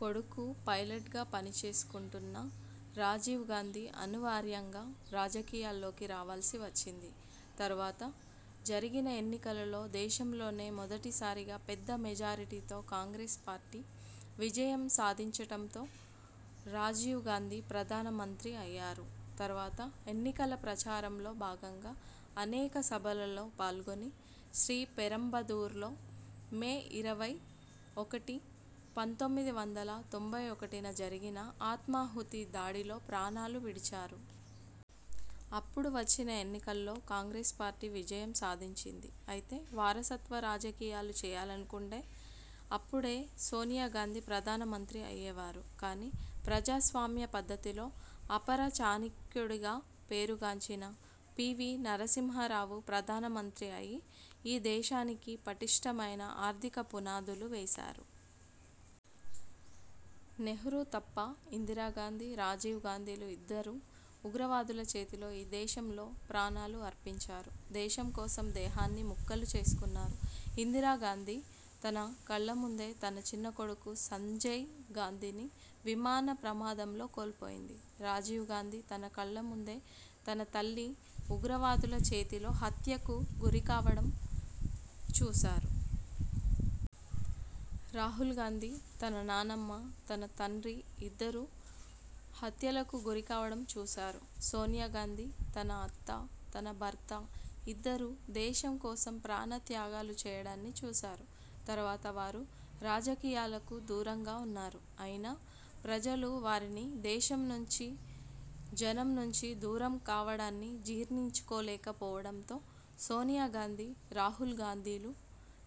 కొడుకు పైలట్గా పని చేసుకుంటున్న రాజీవ్ గాందీ అనివార్యంగా రాజకీయాల్లోకి రావాల్సి వచ్చింది. తరువాత జరిగిన ఎన్నికలలో దేశంలోనే మొదటి సారిగా పెద్ద మెజారిటీతో కాంగ్రెస్ పార్టీ విజయం సాధించడంతో రాజీవ్ గాంధీ ప్రధాన మంత్రి అయ్యారు. తరువాత ఎన్నికల ప్రచారంలో భాగంగా అనేక సభలలో పాల్గొని శ్రీ పెరంబదూరులో మే ఇరవై ఒకటి, పంతొమ్మిది వందల తొంభై ఒకటిన జరిగిన ఆత్మాహుతి దాడిలో ప్రాణాలు విడిచారు. అప్పుడు వచ్చిన ఎన్నికల్లో కాంగ్రెస్ పార్టీ విజయం సాధించింది. అయితే వారసత్వ రాజకీయాలు చేయాలనుకుంటే అప్పడే సోనియ గాంధీ ప్రధాన మంత్రి అయ్యేవారు కానీ ప్రజాస్వామ్య పద్ధతిలో అపర చాణిక్యుడిగా పేరు గాంచిన పి. వి నరసింహారావు ప్రధాన మంత్రి అయి ఈ దేశానికి పటిష్ఠమైన ఆర్థిక పునాదులు వేశారు. నెహ్రూ తప్ప ఇందిరా గాంధీ, రాజీవ్ గాంధీలు ఇద్దరు ఉగ్రవాదుల చేతిలో ఈ దేశంలో ప్రాణాలు అర్పించారు. దేశం కోసం దేహాన్ని ముక్కలు చేసుకున్నారు. ఇందిరా గాంధీ తన కళ్ల ముందే తన చిన్నకొడుకు సంజయ్ గాంధీనీ విమాన ప్రమాదంలో కోల్పోయింది. రాజీవ్ గాంధీ తన కళ్ళ ముందే తన తల్లి ఉగ్రవాదుల చేతిలో హత్యకు గురికావడం చూశారు. రాహుల్ గాంధీ తన నానమ్మ, తన తండ్రి ఇద్దరు హత్యలకు గురి కావడం చూశారు. సోనియ గాంధీ తన అత్త, తన భర్త ఇద్దరు దేశం కోసం ప్రాణ త్యాగాలు చేయడాన్ని చూశారు. తరువాత వారు రాజకీయాలకు దూరంగా ఉన్నారు. అయినా, ప్రజలు వారిని దేశం నుంచి జనం నుంచి దూరం కావడాన్ని జీర్ఱించుకో లేకపోవడంతో సోనియ గాంధీ, రాహుల్ గాంధీలు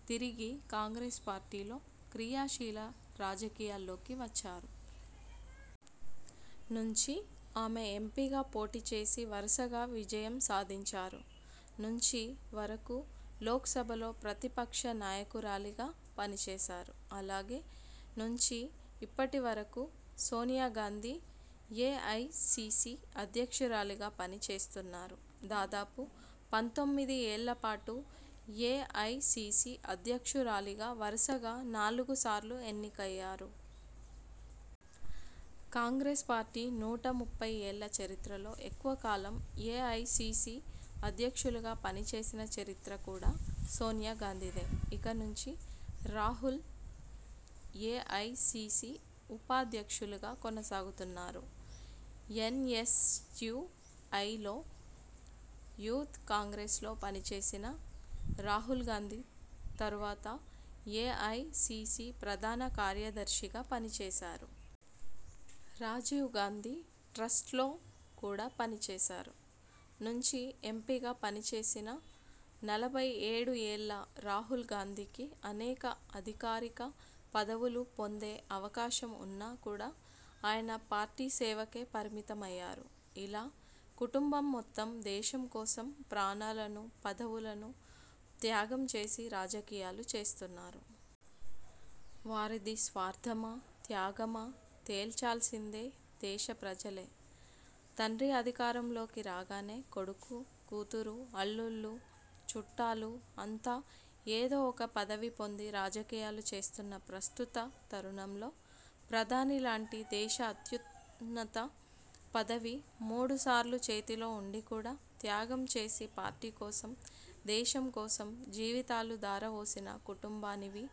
తిరిగి కాంగ్రెస్ పార్టీలో క్రియాశీల రాజకీయాల్లోకి వచ్చారు. నుంచి ఆమె ఎంపీగా పోటీ చేసి వరసగా విజయం సాధించారు. నుంచి వరకు లోక్సభలో ప్రతిపక్ష నాయకురాలిగా పనిచేశారు. అలాగే నుంచి ఇప్పటి వరకు సోనియ గాంధీ ఏఐసీసీ అధ్యక్షురాలిగా పని చేస్తున్నారు. దాదాపు పంతొమ్మిది ఏళ్ళ పాటు ఏఐసీసీ అధ్యక్షు రాలిగా వరసగా నాలుగు సార్లు ఎన్నికయ్యారు. కాంగ్రెస్ పార్టీ నూట ముప్పై ఏళ్ళ చరిత్రలో ఎక్కువ కాలం ఏఐసీసీ అధ్యక్షులుగా పని చేసిన చరిత్ర కూడా సోనియ గాంధీదే. ఇక నుంచి రాహుల్ ఏఐసీసీ ఉపాధ్యక్షులుగా కొనసాగుతున్నారు. ఎన్ఎస్యూఐలో, యూత్ కాంగ్రెస్లో పనిచేసిన రాహుల్ గాంధీ, తరువాత ఏఐసీసీ ప్రధాన కార్యదర్శిగా పనిచేశారు. రాజీవ్ గాంధీ ట్రస్ట్లో కూడా పని చేశారు. నుంచి ఎంపీగా పనిచేసిన నలభై ఏడు ఏళ్ళ రాహుల్ గాంధీకి అనేక అధికారిక పదవులు పొందే అవకాశం ఉన్నా కూడా ఆయన పార్టీ సేవకే పరిమితమయ్యారు. ఇలా కుటంబం మొత్తం దేశం కోసం ప్రాణాలను, పదవులను త్యాగం చేసి రాజకీయాలు చేస్తున్నారు. వారిది స్వార్థమా, త్యాగమా, తేల్చాల్సిందే దేశ ప్రజలే. తండ్రి అధికారం లోకి రాగానే కొడుకు, కూతురు, అల్లుళ్ళు, చుట్టాలు అంతా ఏదో ఒక పదవి పొంది రాజకీయాలు చేస్తున్న ప్రస్తుత తరుణంలో ప్రధాని లాంటి దేశ అత్యున్నత పదవి మూడు సార్లు చేతిలో ఉండి కూడా త్యాగం చేసి పార్టీ కోసం, దేశం కోసం జీవితాలు ధారవోసిన కుటుంబానివి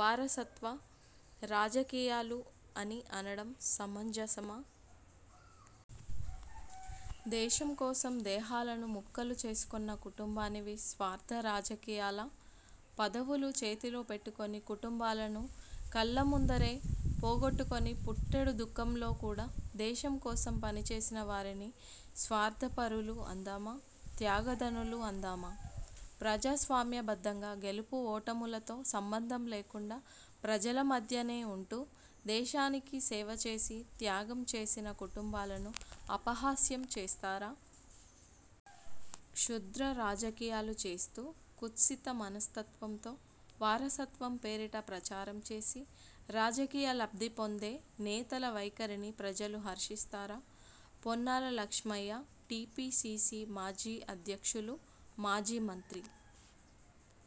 వారసత్వ రాజకీయాలు అని అనడం సమంజసమా? దేశం కోసం దేహాలను ముక్కలు చేసుకొన్న కుటుంబానివి స్వార్థ రాజకీయాలా? పదవులు చేతిలో పెట్టుకొని కుటుంబాలను కళ్ళ ముందరే పోగొట్టుకొని పుట్టెడు దుఃఖంలో కూడా దేశం కోసం పనిచేసిన వారిని స్వార్థ పరులు అందామా.. త్యాగధనులు అందామా? ప్రజాస్వామ్య బద్దంగా గెలుపు ఓటములతో సంబంధం లేకుండా ప్రజల మధ్యనే ఉంటూ దేశానికి సేవచేసి, త్యాగం చేసిన కుటుంబాలను అపహాస్యం చేస్తారా? క్షుద్ర రాజకీయాలు చేస్తూ కుత్సిత మనస్తత్వంతో వారసత్వం పేరిట ప్రచారం చేసి రాజకీయ లబ్ధి పొందే నేతల వైఖరిని ప్రజలు హర్షిస్తారా? పొన్నాల లక్ష్మయ్య టీపీసీసీ మాజీ అధ్యక్షులు, మాజీ మంత్రి